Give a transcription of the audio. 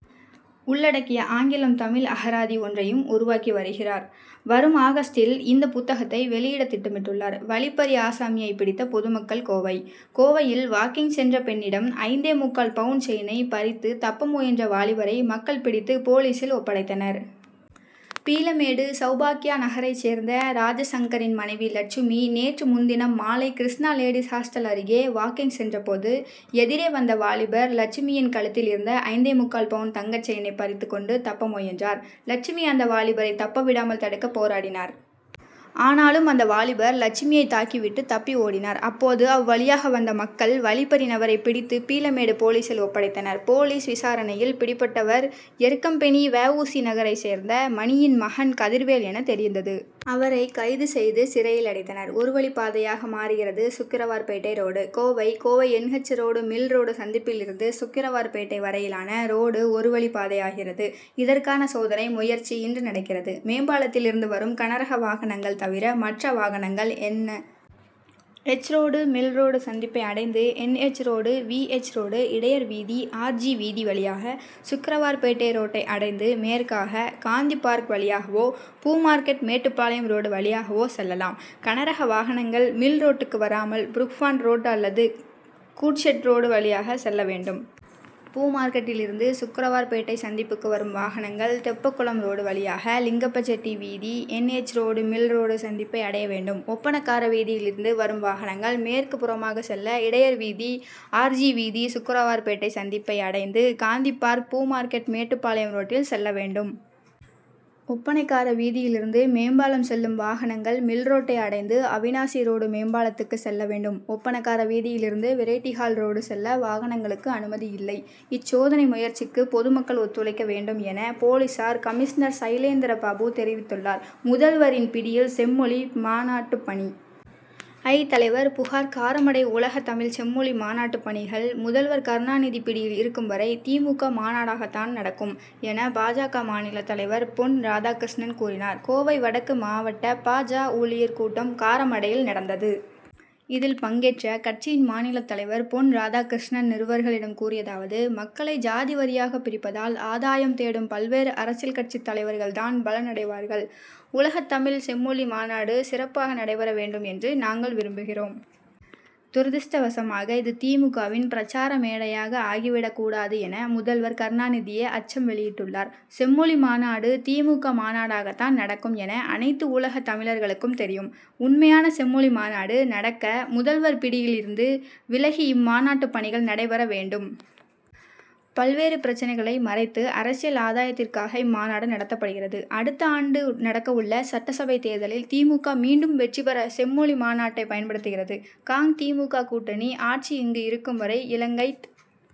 உள்ளடக்கிய ஆங்கிலம் தமிழ் அகராதி ஒன்றையும் உருவாக்கி வருகிறார். வரும் ஆகஸ்ட்டில் இந்த புத்தகத்தை வெளியிட திட்டமிட்டுள்ளார். வழிப்பறி ஆசாமியை பிடித்த பொதுமக்கள் கோவை கோவையில் வாக் கிங்' சென்ற பெண்ணிடம், ஐந்தே முக்கால் பவுன் செயினை பறித்து, தப்ப முயன்ற வாலிபரை மக்கள் பிடித்து, போலீசில் ஒப்படைத்தனர். பீளமேடு, சவுபாக் கியா நகரைச் சேர்ந்த ராஜாசங்கரின் மனைவி லட்சுமி. நேற்று முன்தினம் மாலை கிருஷ்ணா லேடீஸ் ஹாஸ்டல் அருகே வாக்கிங் சென்றபோது, எதிரே வந்த வாலிபர், லட்சுமியின் கழுத்தில் இருந்த ஐந்தே முக்கால் பவுன் தங்கச் செயினை பறித்துக் கொண்டு தப்ப முயன்றார். லட்சுமி அந்த வாலிபரை தப்பவிடாமல் தடுக்க போராடினார். ஆனாலும் அந்த வாலிபர் லட்சுமியை தாக்கி விட்டு தப்பி ஓடினார். அப்போது அவ்வழியாக வந்த மக்கள் வழி பறி நபரை பிடித்து, பீளமேடு போலீசில் ஒப்படைத்தனர். போலீஸ் விசாரணையில், பிடிபட்டவர் எருக்கம்பெனி, வ. உ. சி., நகரைச் சேர்ந்த மணியின் மகன் கதிர்வேல் என தெரிந்தது. அவரை கைது செய்து சிறையில் அடைத்தனர். ஒருவழிப்பாதையாக மாறுகிறது Sukrawarpet road Kovai Kovai N. H. Road mill road சந்திப்பில் இருந்து சுக்கிரவார்பேட்டை வரையிலான ரோடு ஒருவழிப்பாதையாகிறது. இதற்கான சோதனை முயற்சி இன்று நடக்கிறது. மேம்பாலத்தில் இருந்து வரும் கனரக வாகனங்கள் தவிர, மற்ற வாகனங்கள் N. H. Road mill road சந்திப்பை அடைந்து, N. H. Road, V. H. Road, இடையர் வீதி, ஆர். ஜி. வீதி வழியாக சுக்கிரவார்பேட்டை ரோட்டை அடைந்து மேற்காக காந்திபார்க் வழியாகவோ, பூ மார்க்கெட், மேட்டுப்பாளையம் ரோடு வழியாகவோ செல்லலாம். கனரக வாகனங்கள் மில் ரோட்டுக்கு வராமல் புரூக்பாண்ட் ரோடு அல்லது கூட்ஷெட் ரோடு வழியாக செல்ல வேண்டும். பூமார்க்கெட்டில் இருந்து சுக்கிரவார்பேட்டை சந்திப்புக்கு வரும் வாகனங்கள் தெப்பக்குளம் ரோடு வழியாக லிங்கப்பசெட்டிவீதி, N. H. Road mill road சந்திப்பை அடைய வேண்டும். ஒப்பணக்காரவீதியில் இருந்து வரும் வாகனங்கள் மேற்கு புறமாக செல்ல இடையர்வீதி, ஆர். ஜி. வீதி, சுக்கிரவார்பேட்டை சந்திப்பை அடைந்து காந்திப்பார்க், பூமார்க்கெட், மேட்டுப்பாளையம் ரோட்டில் செல்ல வேண்டும். ஒப்பணக்கார வீதியில் இருந்து மேம்பாலம் செல்லும் வாகனங்கள் மில்ரோட்டை அடைந்து, அவிநாசி ரோடு மேம்பாலத்துக்கு செல்ல வேண்டும். ஒப்பணக்கார வீதியில் இருந்து வெரைட்டிஹால் ரோடு செல்ல வாகனங்களுக்கு அனுமதி இல்லை. இச்சோதனை முயற்சிக்கு பொதுமக்கள் ஒத்துழைக்க வேண்டும், என போலீஸ் கமிஷனர் சைலேந்திரபாபு தெரிவித்துள்ளார். முதல்வரின் பிடியில் செம்மொழி மாநாட்டுப்பணி பா. ஜ., தலைவர் புகார் காரமடை உலகத் தமிழ்ச் செம்மொழி மாநாட்டு பணிகள், முதல்வர் கருணாநிதி பிடியில் இருக்கும் வரை தி. மு. க., மாநாடாகத்தான் நடக்கும்,'' என பா. ஜ., மாநில தலைவர் பொன் ராதாகிருஷ்ணன் கூறினார். கோவை வடக்கு மாவட்ட பா. ஜ., ஊழியர் கூட்டம் காரமடையில் நடந் தது. இதில், பங்கேற்ற கட்சியின் மாநிலத் தலைவர் பொன் ராதாகிருஷ் ணன், நிருபர்களிடம் கூறியதாவது மக்களை ஜாதி வாரியாக பிரிப்பதால் ஆதாயம் தேடும் பல்வேறு அரசியல் கட்சித் தலைவர்கள் தான் பலன் அடைவார்கள். உலகத் தமிழ்ச் செம்மொழி மாநாடு சிறப்பாக நடைபெற வேண்டும் என்று நாங்கள் விரும்புகிறோம். துரதிஷ்ட வசமாக இது தி. மு. க.,வின் பிரச்சார மேடையாக ஆகிவிடக் கூடாது என முதல்வர் கருணாநிதியே அச்சம் வெளியிட்டுள்ளார். செம்மொழி மாநாடு தி. மு. க., மாநாடாகத்தான் நடக்கும் என அனைத்து உலகத் தமிழர்களுக்கும் தெரியும். உண்மையான செம்மொழி மாநாடு நடக்க முதல்வர் பிடியில் இருந்து விலகி இம்மாநாட்டு பணிகள் நடைபெற வேண்டும். பல்வேறு பிரச்சனைகளை மறைத்து, அரசியல் ஆதாயத்திற்காக இம்மாநாடு நடத்தப்படுகிறது. அடுத்த ஆண்டு நடக்க உள்ள சட்டசபைத் தேர்தலில் தி. மு. க., மீண்டும் வெற்றி பெற செம்மொழி மாநாட்டை பயன்படுத்துகிறது. காங்., தி. மு. க., கூட்டணி ஆட்சி இங்கு இருக்கும் வரை இலங்கைத்